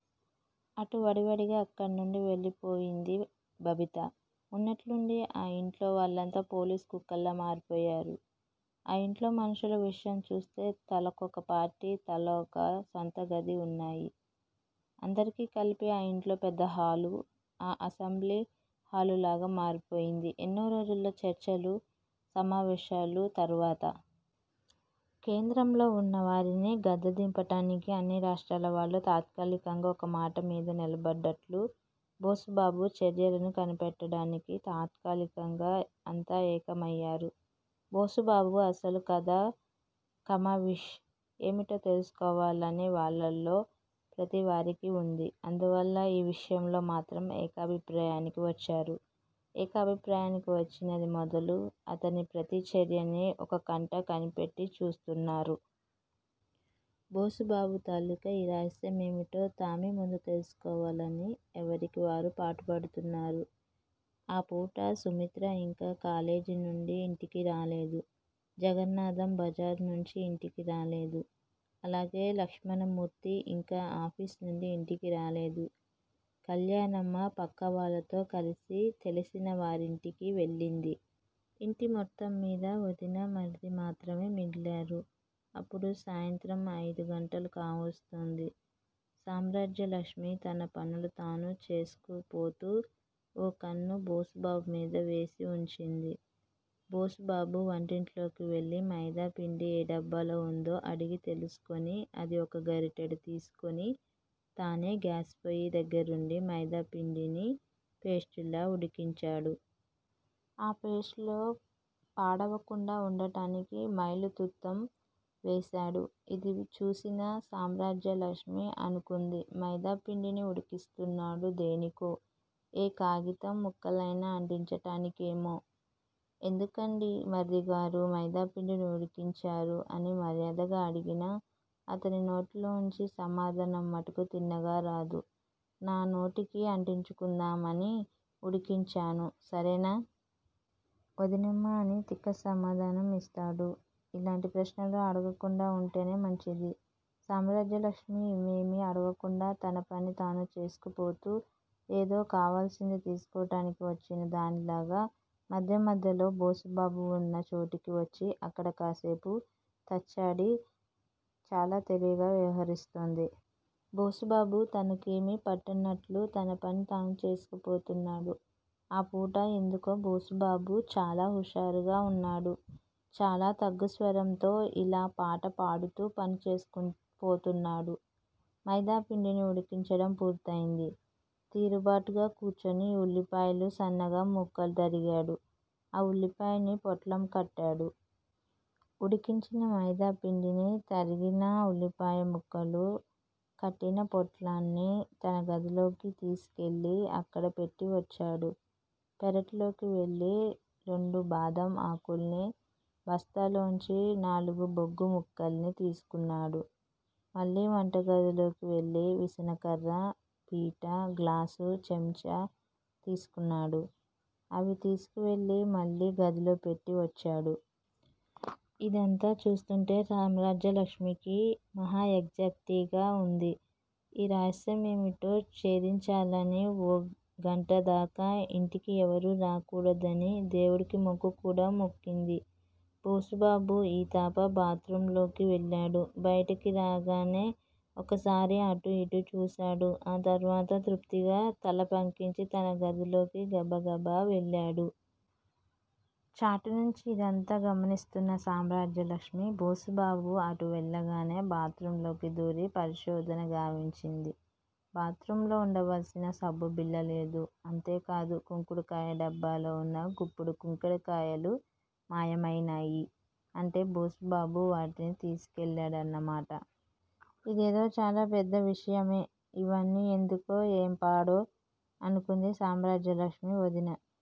అటు వడివడిగా అక్కడి నుండి వెళ్ళిపోయింది బబిత. ఉన్నట్లుండి ఆ యింట్లో వాళ్ళంతా పోలీసు కుక్కల్లా మారిపోయారు. ఆ యింట్లో మనుషుల విషయం చూస్తే తలకొక పార్టీ, తలావొక సొంతగది వున్నాయి. అందరికీ కలిపి ఆ యింట్లో పెద్దహాలు. ఆ అసెంబ్లీ హాలులాగా మారిపోయింది. ఎన్నో రోజుల చర్చలూ, సమావేశాలు తరువాత. కేంద్రంలో వున్న వారిని గద్దెదింపటానికి అన్ని రాష్ట్రాల వాళ్లూ తాత్కాలికంగా ఒకమాట మీద నిలబడ్డట్లు, బోసుబాబు చర్యలని కనిపెట్టటానికి, తాత్కాలికంగా అంతా ఏకమయ్యారు. బోసుబాబు అసలు కథా కమావిషు ఏమిటో తెలుసుకోవాలని వాళ్ళల్లో ప్రతివారికీ వుంది. అందువల్ల ఈ విషయంలో మాత్రం ఏకాభిప్రాయానికి వచ్చారు. ఏకాభిప్రాయానికి వచ్చినది మొదలు అతని ప్రతి చర్యనీ ఒకకంట కనిపెట్టి చూస్తున్నారు. బోసుబాబు తాలూకా ఈ రహస్యమేమిటో తామే ముందు తెలుసుకోవాలని ఎవరికి వారు పాటుపడుతున్నారు. ఆ పూట. సుమిత్ర ఇంకా కాలేజీ నుండీ ఇంటికిరాలేదు. జగన్నాధం బజారునుంచీ ఇంటికి రాలేదు. అలాగే లక్ష్మణమూర్తి ఇంకా ఆఫీసునుండీ ఇంటికి రాలేదు. కల్యాణమ్మ పక్కవాళ్ళతో కలిసి తెలిసిన వారింటికి వెళ్ళింది. ఇంటి మొత్తం మీద వదినా, మరిది మాత్రమే మిగిలారు. అప్పుడు సాయంత్రం అయిదు గంటలు కావస్తోంది. సామ్రాజ్యలక్ష్మి తన పనులు తాను చేసుకుపోతూ ఓ కన్ను బోసుబాబు మీద వేసి వుంచింది. బోసుబాబు వంటింట్లోకి వెళ్ళి మైదాపిండి ఏ డబ్బాలో వుందో అడిగి తెలుసుకుని అది ఒక గరిటెడు తీసుకుని, తనే గ్యాస్ పొయ్యి దగ్గరవుండి మైదాపిండిని పేస్ట్ లా ఉడికించాడు. ఆ పేస్ట్ లో పాడవకుండా వుండటానికి మైలుతుత్తం వేశాడు. ఇది చూసిన సామ్రాజ్యలక్ష్మి అనుకుంది. మైదాపిండిని ఉడికిస్తున్నాడు దేనికో? ఏ కాయితం ముక్కలయినా అంటించటానికేమో? ఎందుకండీ మరిదిగారూ! మైదాపిండిని ఉడికించారు అని మర్యాదగా అడిగినా అతని నోట్లోంచి సమాధానం మటుకు తిన్నగా రాదు. నా నోటికి అంటించుకుందామని ఉడికించాను సరేనా? వదినమ్మా! అని తిక్క సమాధానం ఇస్తాడు. ఇలాంటి ప్రశ్నలు అడగకుండా వుంటేనే మంచిది. సామ్రాజ్యలక్ష్మి ఇవేమీ అడగకుండా తనపని తాను చేసుకుపోతూ ఏదో కావాల్సింది తీసుకోటానికి వచ్చిన దానిలాగా మధ్య మధ్యలో బోసుబాబు వున్న చోటుకి వచ్చి అక్కడ కాసేపు తచ్చాడి చాలా తెలివిగా వ్యవహరిస్తోంది. బోసుబాబు తనకేమీ పట్టనట్లు తన పని తాను చేసుకుపోతున్నాడు. ఆ పూట ఎందుకో బోసుబాబు చాలా హుషారుగా వున్నాడు. చాలా తగ్గుస్వరంతో ఈలపాట పాడుతూ పని చేసుకుపోతున్నాడు. మైదాపిండిని ఉడికించడం పూర్తయింది. తీరుబాటుగా కూర్చుని ఉల్లిపాయలు సన్నగా ముక్కలు తరిగాడు. ఆ ఉల్లిపాయని పొట్లం కట్టాడు. ఉడికించిన మైదాపిండిని తరిగిన ఉల్లిపాయ ముక్కలు కట్టిన పొట్లాన్ని తన గదిలోకి తీసుకెళ్ళి అక్కడ పెట్టి వచ్చాడు. పెరటిలోకి వెళ్ళి రెండు బాదం ఆకుల్ని బస్తాలోంచి నాలుగు బొగ్గు ముక్కల్ని తీసుకున్నాడు. మళ్ళీ వంటగదిలోకి వెళ్ళి విసనకర్రా, పీటా, గ్లాసూ చెంచా తీసుకున్నాడు. అవి తీసుకువెళ్ళి మళ్ళీ గదిలో పెట్టి వచ్చాడు. ఇదంతా చూస్తుంటే, సామ్రాజ్యలక్ష్మికి మహాయాగ్జేక్తిగా వుంది. ఈ రహస్యమేమిటో ఛేదించాలని. ఓ గంటదాకా ఇంటికి ఎవరూ రాకూడదని దేవుడికి మొక్కు కూడా మొక్కింది. బోసుబాబు ఈ తఫా బాత్ రూమ్ లోకి వెళ్ళాడు. బయటకి రాగానే ఒకసారి అటూ ఇటూ చూశాడు ఆ తరువాత తృప్తిగా తలపంకించి తన గదిలోకి గబగబా వెళ్లాడు. చాటునుంచీ ఇదంతా గమనిస్తున్న సామ్రాజ్యలక్ష్మి. బోసుబాబు అటు వెళ్ళగానే బాత్ రూమ్ లోకి దూరి పరిశోధన గావించింది. బాత్ రూమ్ లో వుండవలసిన సబ్బుబిళ్ళ లేదు. అంతే కాదు కుంకుడుకాయ డబ్బాలో వున్న గుప్పెడు కుంకుడు కాయలు మాయమయినాయి. అంటే బోసుబాబు వాటిని తీసుకువెళ్ళాడన్న మాట. ఇదేదో చాలా పెద్ద విషయమే. ఇవన్నీ ఎందుకో ఏంపాడో? అనుకుంది సామ్రాజ్యలక్ష్మి. వదినా!